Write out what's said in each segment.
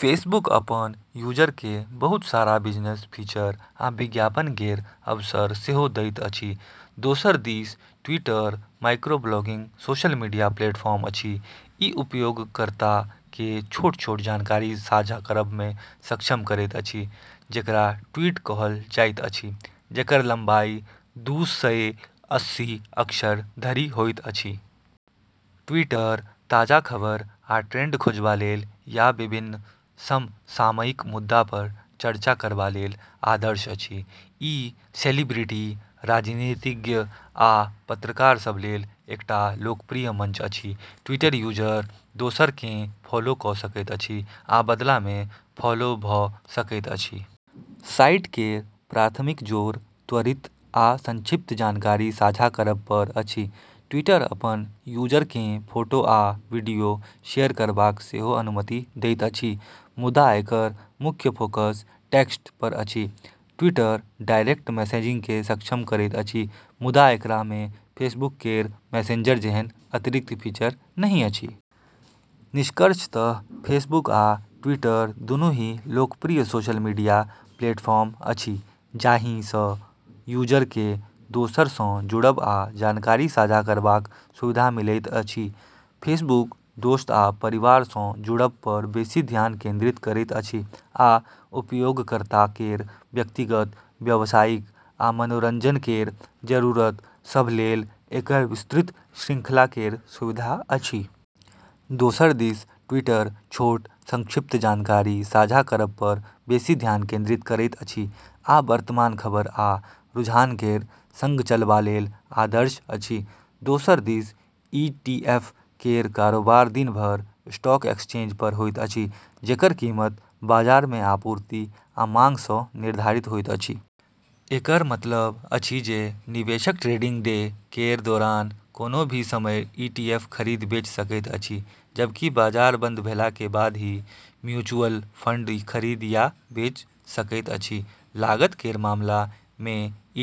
Facebook अपन users केँ बहुत सारा बिजनेस फीचर आ विज्ञापन केर अवसर सेहो दैत अछि। दोसर दिस Twitter microblogging social media platform अछि। ई उपयोगकर्ता केँ छोट-छोट जानकारी साझा करबा मे सक्षम करैत अछि, जेकरा ट्वीट कहल जाइत अछि, जेकर लंबाई दू सए अस्सी अक्षर धरि होइत अछि। ट्विटर ताजा खबर आ ट्रेंड खोजबा लेल या विभिन्न समसामयिक मुद्दा पर चर्चा करबा लेल आदर्श अछि। ई सेलिब्रिटी, राजनीतिज्ञ, आ पत्रकार सभ लेल एकटा लोकप्रिय मंच अछि। ट्विटर यूजर दोसर केँ फॉलो कऽ सकैत अछि आ बदला मे फॉलो भऽ सकैत अछि। साइट केर प्राथमिक जोर त्वरित आ संक्षिप्त जानकारी साझा करब पर अछि। ट्विटर अपन यूजर केँ फोटो आ वीडियो शेयर करबाक सेहो अनुमति दैत अछि, मुदा एकर मुख्य फोकस टेक्स्ट पर अछि। ट्विटर डायरेक्ट मैसेजिंग केँ सक्षम करैत अछि, मुदा एकरा मे फेसबुक केर मैसेंजर जेहन अतिरिक्त फीचर नहि अछि। निष्कर्षतः फेसबुक आ ट्विटर दुनू ही लोकप्रिय सोशल मीडिया प्लेटफॉर्म अछि जाहि सँ यूजर केँ दोसर सँ जुड़ब आ जानकारी साझा करबाक सुविधा मिलैत अछि। फेसबुक दोस्त आ परिवार सँ जुड़ब पर बेसी ध्यान केंद्रित करैत अछि आ उपयोगकर्ता केर व्यक्तिगत, व्यवसायिक, आ मनोरंजन केर जरूरत सभ लेल एकर विस्तृत श्रृंखला केर सुविधा अछि। दोसर दिस ट्विटर छोट, संक्षिप्त जानकारी साझा करब पर बेसी ध्यान केंद्रित करैत अछि आ वर्तमान खबर आ रुझान केर संग चलबा लेल आदर्श अछि। दोसर दिस ईटीएफ केर कारोबार दिन भर स्टॉक एक्सचेंज पर होइत अछि, जेकर कीमत बाजार मे आपूर्ति आ मांग सँ निर्धारित होइत अछि। एकर मतलब अछि जे निवेशक ट्रेडिंग डे केर दौरान कोनो भी समय ईटीएफ खरीद-बेच सकैत अछि, जबकि बाजार बंद भेला के बाद ही म्यूचुअल फंड खरीद या बेच सकैत अछि। लागत केर मामला मे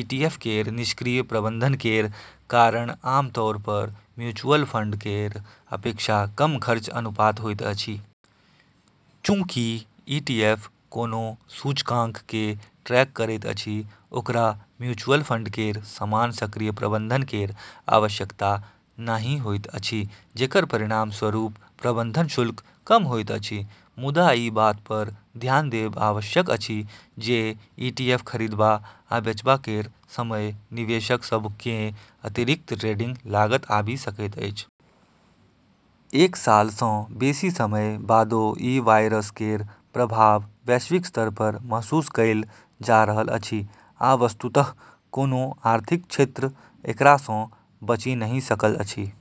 ईटीएफ केर निष्क्रिय प्रबंधन केर कारण आम तौर पर म्यूचुअल फंड केर अपेक्षा कम खर्च अनुपात होइत अछि। चूँकि ईटीएफ कोनो सूचकांक केँ ट्रैक करैत अछि, ओकरा म्यूचुअल फंड केर समान सक्रिय प्रबंधन केर आवश्यकता नहि होइत अछि, जेकर परिणाम स्वरूप प्रबंधन शुल्क कम होइत अछि। मुदा ई बात पर ध्यान देब आवश्यक अछि जे ईटीएफ खरीदबा आ बेचबा केर समय निवेशक सभ केँ अतिरिक्त ट्रेडिंग लागत आबि सकैत अछि। एक साल सँ बेसी समय बादो ई वायरस केर प्रभाव वैश्विक स्तर पर महसूस कएल जा रहल अछि, आ वस्तुतः कोनो आर्थिक क्षेत्र एकरा सँ बचि नहि सकल अछि।